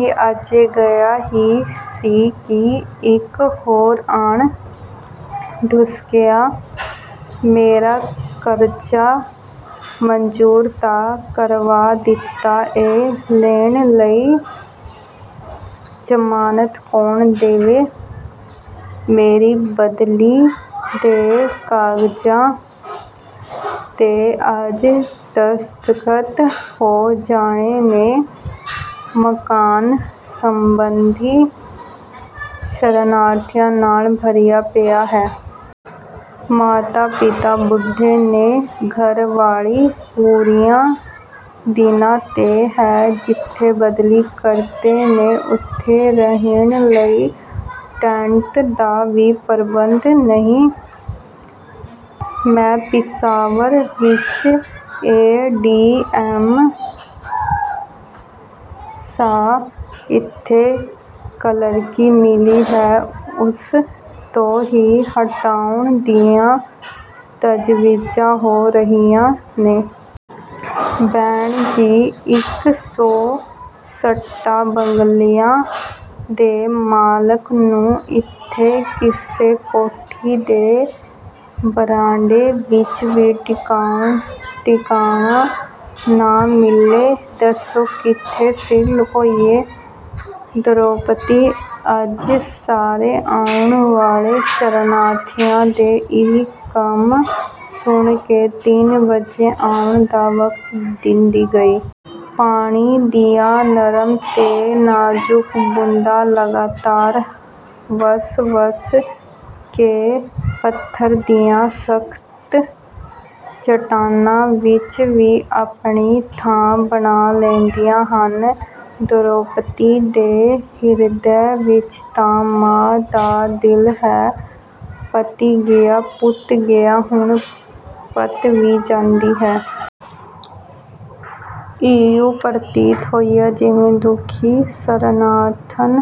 ਇਹ ਅਜੇ ਗਿਆ ਹੀ ਸੀ ਕਿ ਇੱਕ ਹੋਰ ਆਣ ਡੁਸਕਿਆ। "ਮੇਰਾ ਕਰਜ਼ਾ ਮਨਜ਼ੂਰ ਤਾਂ ਕਰਵਾ ਦਿੱਤਾ ਏ, ਲੈਣ ਲਈ ਜ਼ਮਾਨਤ ਕੌਣ ਦੇਵੇ?" ਮੇਰੀ ਬਦਲੀ ਦੇ ਕਾਗਜ਼ਾਂ 'ਤੇ ਅੱਜ ਦਸਤਖਤ ਹੋ ਜਾਣੇ ਨੇ, ਮਕਾਨ ਸਬੰਧੀ ਸ਼ਰਨਾਰਥੀਆਂ ਨਾਲ ਭਰਿਆ ਪਿਆ ਹੈ। ਮਾਤਾ-ਪਿਤਾ ਬੁੱਢੇ ਨੇ, ਘਰ ਵਾਲੀ ਪੂਰਿਆਂ ਦਿਨਾਂ 'ਤੇ ਹੈ, ਜਿੱਥੇ ਬਦਲੀ ਕਰਦੇ ਨੇ, ਉਥੇ ਰਹਿਣ ਲਈ ਟੈਂਟ ਦਾ ਵੀ ਪ੍ਰਬੰਧ ਨਹੀਂ। "ਮੈਂ ਪਿਸ਼ਾਵਰ ਵਿੱਚ ਏ. ਡੀ. ਐਮ. ਸਾਂ, ਇੱਥੇ ਕਲਰਕੀ ਮਿਲੀ ਹੈ, ਉਸ ਤੋਂ ਹੀ ਹਟਾਉਣ ਦੀਆਂ ਤਜਵੀਜ਼ਾਂ ਹੋ ਰਹੀਆਂ ਨੇ।" ਭੈਣ ਜੀ, ਇਕ ਸੌ ਸੱਠਾਂ ਬੰਗਲਿਆਂ ਦੇ ਮਾਲਕ ਨੂੰ ਇੱਥੇ ਕਿਸੇ ਕੋਠੀ ਦੇ ਬਰਾਂਡੇ ਵਿੱਚ ਵੀ ਟਿਕਾਣਾ ਨਾ ਮਿਲੇ, ਦੱਸੋ ਕਿੱਥੇ ਸਿਰ ਲੁਕਾਈਏ? ਧਰੋਪਤੀ ਅੱਜ ਸਾਰੇ ਆਉਣ ਵਾਲੇ ਸ਼ਰਨਾਰਥੀਆਂ ਦੇ ਇਹ ਕੰਮ ਸੁਣ ਕੇ ਤਿੰਨ ਵਜੇ ਆਉਣ ਦਾ ਵਕਤ ਦਿੰਦੀ ਗਈ। ਪਾਣੀ ਦੀਆਂ ਨਰਮ ਤੇ ਨਾਜ਼ੁਕ ਬੂੰਦਾਂ ਲਗਾਤਾਰ ਵਸ-ਵਸ ਕੇ ਪੱਥਰ ਦੀਆਂ ਸਖਤ ਚੱਟਾਨਾਂ ਵਿੱਚ ਵੀ ਆਪਣੀ ਥਾਂ ਬਣਾ ਲੈਂਦੀਆਂ ਹਨ। ਧਰੋਪਤੀ ਦੇ ਹਿਰਦੇ ਵਿੱਚ ਤਾਂ ਮਾਂ ਦਾ ਦਿਲ ਹੈ। "ਪਤੀ ਗਿਆ, ਪੁੱਤ ਗਿਆ, ਹੁਣ ਪਤ ਵੀ ਜਾਂਦੀ ਹੈ।" ਇਉਂ ਪ੍ਰਤੀਤ ਹੋਇਆ ਜਿਵੇਂ ਦੁਖੀ ਸ਼ਰਨਾਰਥਣ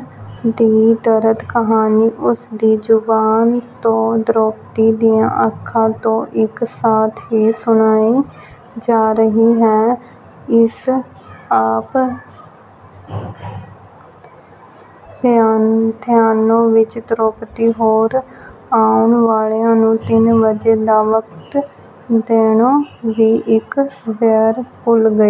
ਦੀ ਦਰਦ ਕਹਾਣੀ ਉਸ ਦੀ ਜ਼ੁਬਾਨ ਤੋਂ ਧਰੋਪਤੀ ਦੀਆਂ ਅੱਖਾਂ ਤੋਂ ਇੱਕ ਸਾਥ ਹੀ ਸੁਣਾਈ ਜਾ ਰਹੀ ਹੈ। ਇਸ ਆਪ ਧਿਆਨੇ ਵਿੱਚ ਧਰੋਪਤੀ ਹੋਰ ਆਉਣ ਵਾਲਿਆਂ ਨੂੰ ਤਿੰਨ ਵਜੇ ਦਾ ਵਕਤ ਦੇਣੋਂ ਵੀ ਇੱਕ ਵੇਰ ਭੁੱਲ ਗਈ।